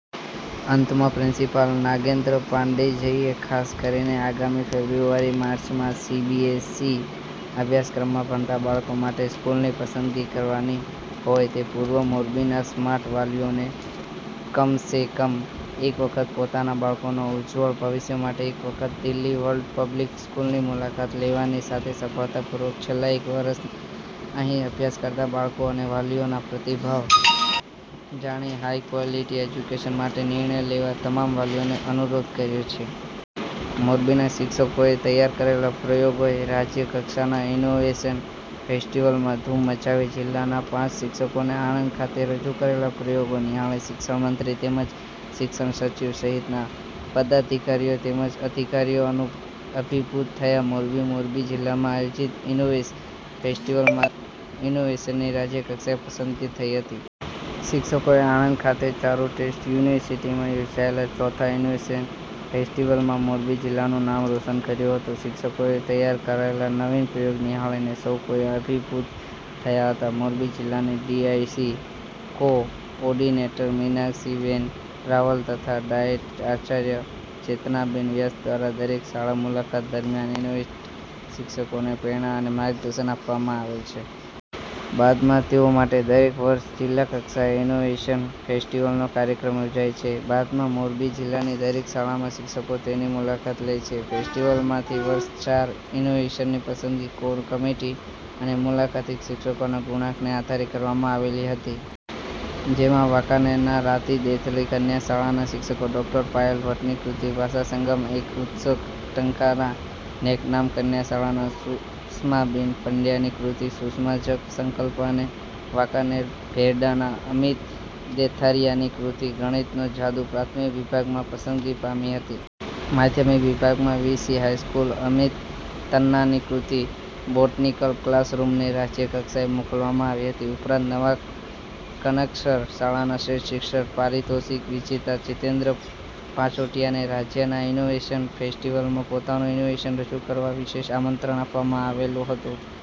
અંતમાં પ્રિન્સિપાલ નાગેન્દ્ર પાંડેજઈએ ખાસ કરીને આગામી ફેબ્રુઆરીમાર્ચમા સીબીએસસી અભ્યાસક્રમમાં ભણતા બાળકો માટે સ્કૂલની પસંદગી કરવાની હોય તે પૂર્વે મોરબીના સ્માર્ટ વાલીઓએ કમસેકમ એક વખત પોતાના બાળકોના ઉજ્જવળ ભવિષ્ય માટે એક વખત દિલ્હી વર્લ્ડ પબ્લિક સ્કૂલની મુલાકાત લેવાની સાથે સફળતા પૂર્વક છેલ્લા એક વર્ષથી અહીં અભ્યાસ કરતા બાળકો અને વાલીઓના પ્રતિભાવ જાણી હાઇક્વોલિટી એજ્યુકેશન માટે નિર્ણય લેવા તમામ વાલીઓને અનુરોધ કર્યો છે. મોરબીના શિક્ષકોએ તૈયાર કરેલા પ્રયોગોએ રાજયકક્ષાના ઇનોવેશન ફેસ્ટિવલમાં ધૂમ મચાવી જિલ્લાના પાંચ શિક્ષકોએ આણંદ ખાતે રજૂ કરેલા પ્રયોગો નિહાળી શિક્ષણમંત્રી તેમજ શિક્ષણસચિવ સહિતના પદાધિકારીઓ તેમજ અધિકારીઓ અભિભૂત થયા મોરબી મોરબી જીલ્લામાં આયોજિત ઇનોવેશન ફેસ્ટીવલમાંથીઇનોવેશનની રાજ્ય કક્ષાએ પસંદગી થઇ હતી. શિક્ષકોએ આણંદ ખાતે ચારુસેટ યુનિવર્સીટીમાં યોજાયેલા ચોથા ઇનોવેશન ફેસ્ટીવલમાં મોરબી જીલ્લાનું નામ રોશન કર્યું હતું. શિક્ષકોએ તૈયાર કરેલાનવીન પ્રયોગો નિહાળીને સૌ કોઈ અભિભૂત થયા હતા. મોરબી જીલ્લાના D I C coordinator Meenakshiben Raval તથા ડાયેટ પ્રાચાર્ય ચેતનાબેન વ્યાસ દ્વારા દરેક શાળા મુલાકાત દરમિયાન ઇનોવેટીવ શિક્ષકોને પ્રેરણા અને માર્ગદર્શન આપવામાં આવે છે. બાદમાં તેઓ માટે દર વર્ષે જીલ્લા કક્ષાએ ઇનોવેશન ફેસ્ટિવલનો કાર્યક્રમ યોજાય છે. બાદમાં મોરબી જીલ્લાની દરેક શાળાના શિક્ષકો તેની મુલાકાત લે છે. ફેસ્ટીવલમાંથીવર્ષે ચાર ઇનોવેશનની પસંદગી, કોર કમિટી અને મુલાકાતી શિક્ષકોના ગુણાંકનને આધારે કરવામાં આવેલી હતી. જેમાં વાંકાનેરના રાતીદેવળી કન્યા શાળાના શિક્ષિકા ડૉ. પાયલ ભટ્ટની કૃતિ ભાષા સંગમએક ઉત્સવ, ટંકારાના નેકનામ કન્યા શાળાના સુષ્માબેન પડયાની કૃતિ 'સુષ્મા'ઝ સંકલ્પ' અને વાંકાનેરના ભેરડાના અમિત દેથારિયાની કૃતિ 'ગણિતનો જાદુ' પ્રાથમિક વિભાગમાંથી પસંદગી પામી હતી. માધ્યમિક વિભાગમાં વી. સી. હાઇસ્કુલના અમિત તન્નાની કૃતિ બોટનીકલ ક્લાસરૂમને રાજય કક્ષાએ મોકલવામાં આવી હતી. ઉપરાંત નવા મકનસર શાળાના શ્રેષ્ઠ શિક્ષક પારિતોષિક વિજેતા જીતેન્દ્ર પાંચોટિયાને રાજ્યના ઇનોવેશન ફેસ્ટીવલમાં પોતાનું ઇનોવેશન રજુ કરવા વિશેષ આમંત્રણ આપવામાં આવેલું હતું.